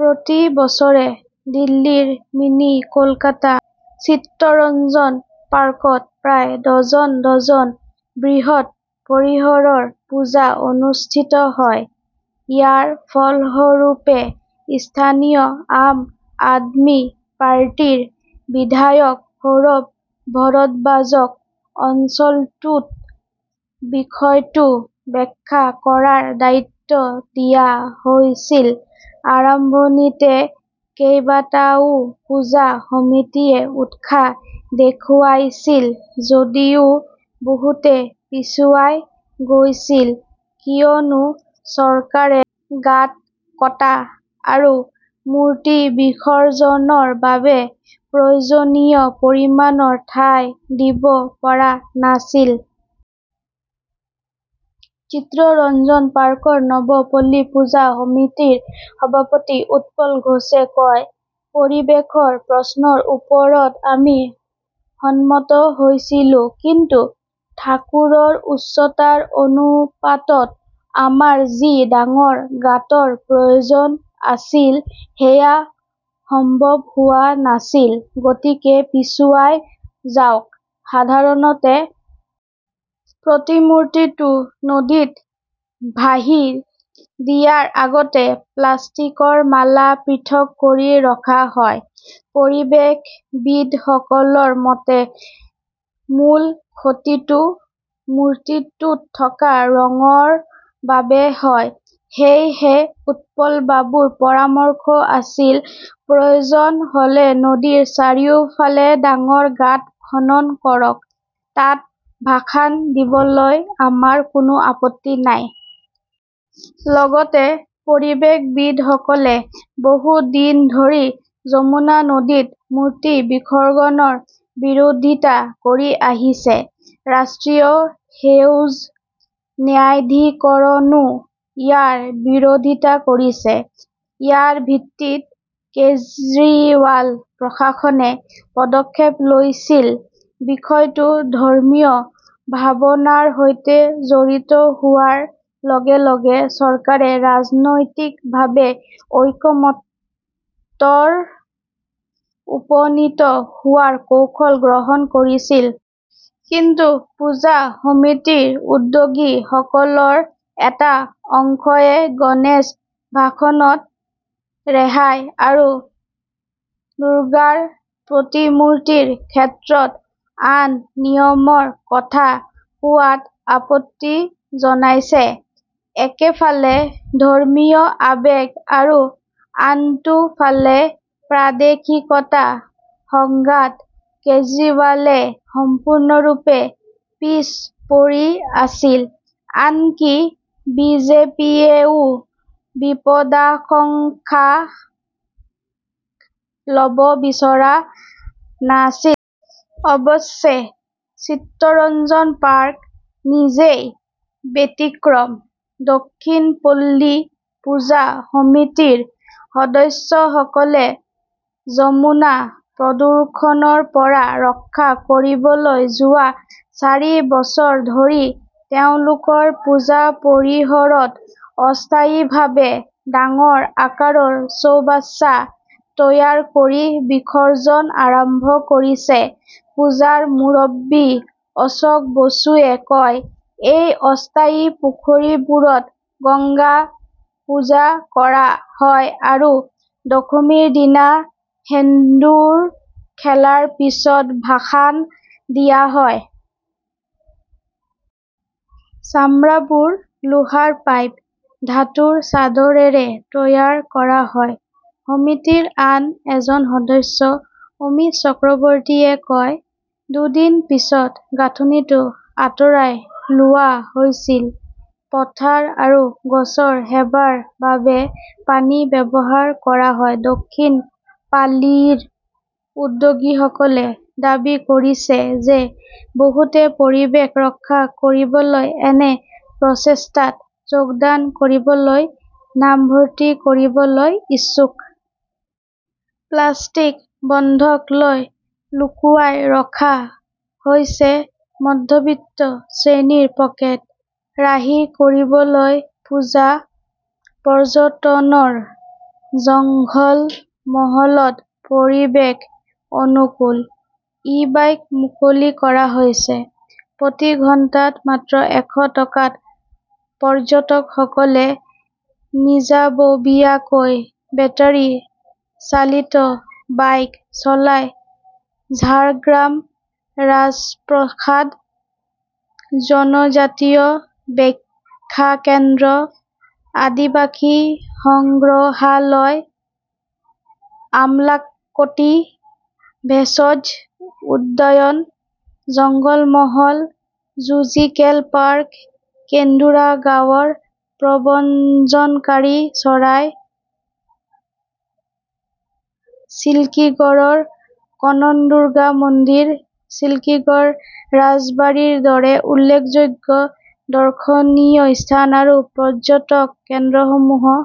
প্ৰতি বছৰে দিল্লীৰ মিনি কলকাতা চিত্তৰঞ্জন পাৰ্কত প্ৰায় ডজন, ডজন বৃহৎ পৰিসৰৰ পূজা অনুষ্ঠিত হয়। ইয়াৰ ফলস্বৰূপে স্থানীয় আম আদমি পাৰ্টিৰ বিধায়ক সৌৰভ ভৰদ্বাজক অঞ্চলটোত বিষয়টো ব্যাখ্যা কৰাৰ দায়িত্ব দিয়া হৈছিল। আৰম্ভণিতে কেইবাটাও পূজা সমিতিয়ে উৎসাহ দেখুৱাইছিল যদিও বহুতে পিছুৱাই গৈছিল কিয়নো চৰকাৰে গাঁত কটা আৰু মূৰ্তি বিসৰ্জনৰ বাবে প্ৰয়োজনীয় পৰিমাণৰ ঠাই দিব পৰা নাছিল। চিত্ৰৰঞ্জন পাৰ্কৰ নৱ পল্লী পূজা সমিতিৰ সভাপতি উৎপল ঘোষে কয়, পৰিৱেশৰ প্ৰশ্নৰ ওপৰত আমি সন্মত হৈছিলো। কিন্তু ঠাকুৰৰ উচ্চতাৰ অনুপাতত আমাৰ যি ডাঙৰ গাঁতৰ প্ৰয়োজন আছিল সেয়া সম্ভৱ হোৱা নাছিল। গতিকে পিছুৱাই যাওক। সাধাৰণতে প্ৰতিমূৰ্তিটো নদীত ভাহি দিয়াৰ আগতে প্লাষ্টিকৰ মালা পৃথক কৰি ৰখা হয়। পৰিৱেশবিদসকলৰ মতে মূল ক্ষতিটো মূৰ্তিটোত থকা ৰঙৰ বাবে হয়। সেয়েহে উৎপলবাবুৰ পৰামৰ্শ আছিল, প্ৰয়োজন হলে নদীৰ চাৰিওফালে ডাঙৰ গাঁত খনন কৰক। তাত ভাসান দিবলৈ আমাৰ কোনো আপত্তি নাই। লগতে পৰিৱেশবিদসকলে বহু দিন ধৰি যমুনা নদীত মূৰ্তি বিসৰ্জনৰ বিৰোধিতা কৰি আহিছে। ৰাষ্ট্ৰীয় সেউজ ন্যায়াধিকৰণো ইয়াৰ বিৰোধিতা কৰিছে। ইয়াৰ ভিত্তিত কেজৰিৱাল প্ৰশাসনে পদক্ষেপ লৈছিল। বিষয়টো ধৰ্মীয় ভাৱনাৰ সৈতে জড়িত হোৱাৰ লগে লগে চৰকাৰে ৰাজনৈতিকভাৱে ঐক্যমতত উপনীত হোৱাৰ কৌশল গ্ৰহণ কৰিছিল। কিন্তু পূজা সমিতিৰ উদ্যোগীসকলৰ এটা অংশই গণেশ ভাসনত ৰেহাই আৰু দুৰ্গাৰ প্ৰতিমূৰ্তিৰ ক্ষেত্ৰত আন নিয়মৰ কথা কোৱাত আপত্তি জনাইছে। একেফালে ধৰ্মীয় আৱেগ আৰু আনটো ফালে প্ৰাদেশিকতাৰ সংঘাত-কেজৰিৱালে সম্পূৰ্ণৰূপে পিছ পৰি আছিল। আনকি বিজেপিয়েও বিপদাশংকা লব বিচৰা নাছিল। অৱশ্যে, চিত্তৰঞ্জন পাৰ্ক নিজেই ব্যতিক্ৰম। দক্ষিণ পল্লী পূজা সমিতিৰ সদস্যসকলে যমুনা প্ৰদূষণৰ পৰা ৰক্ষা কৰিবলৈ যোৱা চাৰি বছৰ ধৰি তেওঁলোকৰ পূজা পৰিসৰত অস্থায়ীভাৱে ডাঙৰ আকাৰৰ চৌবাচা তৈয়াৰ কৰি বিসৰ্জন আৰম্ভ কৰিছে। পূজাৰ মুৰব্বী অশোক বসুৱে কয়, সেই অস্থায়ী পুখুৰীবোৰত গংগা পূজা কৰা হয় আৰু দশমীৰ দিনা সেন্দুৰ খেলাৰ পিছত ভাসান দিয়া হয়। চামৰাবোৰ লোহাৰ পাইপ, ধাতুৰ চাদৰেৰে তৈয়াৰ কৰা হয়। সমিতিৰ আন এজন সদস্য অমিত চক্ৰৱৰ্তীয়ে কয়, দুদিন পিছত গাঁথনিটো আঁতৰাই লোৱা হৈছিল। পথাৰ আৰু গছৰ সেৱাৰ বাবে পানী ব্যৱহাৰ কৰা হয়। দক্ষিণ পালিৰ উদ্যোগীসকলে দাবী কৰিছে যে বহুতে পৰিৱেশ ৰক্ষা কৰিবলৈ এনে প্ৰচেষ্টাত যোগদান কৰিবলৈ নামভৰ্তি কৰিবলৈ ইচ্ছুক। প্লাষ্টিক বন্ধক লৈ লুকুৱাই ৰখা হৈছে মধ্যবিত্ত শ্ৰেণীৰ পকেট ৰাহি কৰিবলৈ পূজা পৰ্যটনৰ জংঘলমহলত পৰিৱেশ অনুকূল ই-বাইক মুকলি কৰা হৈছে। প্ৰতি ঘণ্টাত মাত্ৰ এশ টকাত পৰ্যটকসকলে নিজাববীয়াকৈ বেটাৰি-চালিত বাইক চলাই ঝাৰগ্ৰাম ৰাজপ্ৰাসাদ, জনজাতীয় ব্যাখ্যা কেন্দ্ৰ, আদিবাসী সংগ্ৰহালয়, আমলাকটি ভেষজ উদ্যান, জঙ্গলমহল জুজিকেল পাৰ্ক, কেন্দুৱা গাঁৱৰ প্ৰব্ৰজনকাৰী চৰাই, চিল্কিগড়ৰ কনকদুৰ্গা মন্দিৰ, চিল্কিগড় ৰাজবাৰীৰ দৰে উল্লেখযোগ্য দৰ্শনীয় স্থান আৰু পৰ্যটন কেন্দ্ৰসমূহ।